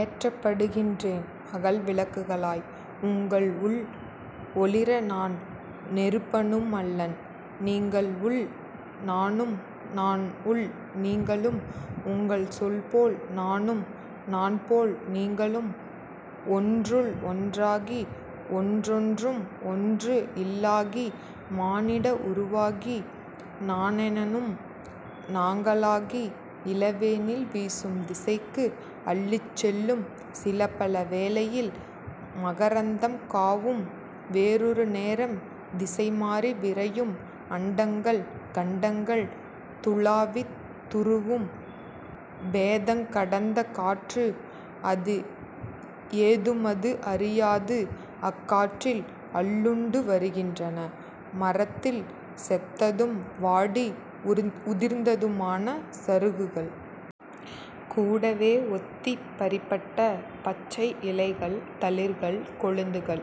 ஏற்றப்படுகின்றேன் அகல்விளக்குகளாய் உங்கள் உள் ஒளிர நான் நெருப்பனுமல்லன்... நீங்கள் உள் நானும் நான் உள் நீங்களும் உங்கள் சொல்போல் நானும் நான் போல் நீங்களும் ஒன்றுள் ஒன்றாகி ஒன்றொன்றும் ஒன்று இல்லாகி மானிட உருவாகி நானெனனும் நாங்களாகி.... இளவேனில், வீசும் திசைக்கு அள்ளிச்செல்லும் சிலபல வேளையில் மகரந்தம் காவும் வேறொரு நேரம் திசைமாறி விரையும் அண்டங்கள் கண்டங்கள் துழாவித் துருவும் பேதங்கடந்த காற்று அது ஏதுமது அறியாது அக்காற்றில் அள்ளுண்டு வருகின்றன மரத்தில் செத்ததும் வாடி உதிர்ந்ததுமான சருகுகள். கூடவே ஒத்திப் பறிபட்ட பச்சை இலைகள் தளிர்கள் கொழுந்துகள்....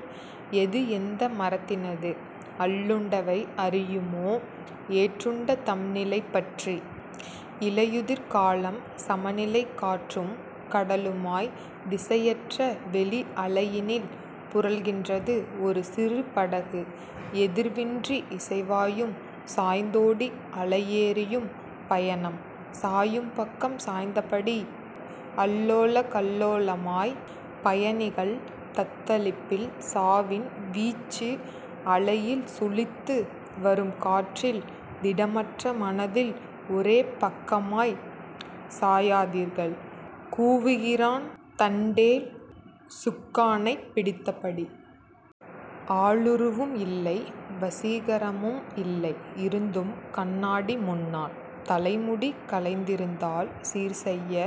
எது எந்த மரத்தினது...? அள்ளுண்டவை அறியுமோ எற்றுண்ட தம்நிலை பற்றி...! இலையுதிர் காலம்,. சமநிலை காற்றும் கடலுமாய் திசையற்ற வெளி அலையினில் புரள்கின்றது ஒரு சிறு படகு எதிர்வின்றி இசைவாயும் சாய்ந்தோடி அலையேறியும் பயணம். சாயும் பக்கம் சாய்ந்தபடி அல்லோலகல்லோலமாய் பயணிகள் தத்தளிப்பில் சாவின் வீச்சு அலையில் சுழித்து வரும் காற்றில் திடமற்ற மனதில் ஒரேபக்கமாய்ச் சாயாதீர்கள் கூவுகிறான் தண்டேல் சுக்கானைப் பிடித்தபடி. ஆளுருவும் இல்லை வசீகரமும் இல்லை இருந்தும் கண்ணாடி முன்நான். தலைமுடி கலைந்திருந்தால் சீர்செய்ய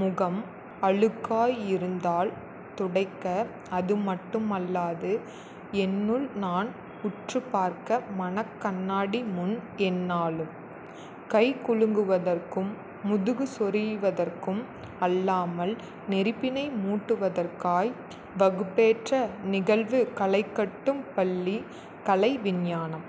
முகம் அழுக்காயிருந்தால் துடைக்க அதுமட்டுமல்லாது என்னுள் நான் உற்றுப்பார்க்க மனக் கண்ணாடி முன் எந்நாளும். கைகுலுங்குவதற்கும் முதுகு சொறிவதற்கும் அல்லாமல் நெருப்பினை மூட்டுவதற்காய்.... வகுப்பேற்ற நிகழ்வு களைகட்டும் பள்ளி கலை விஞ்ஞானம்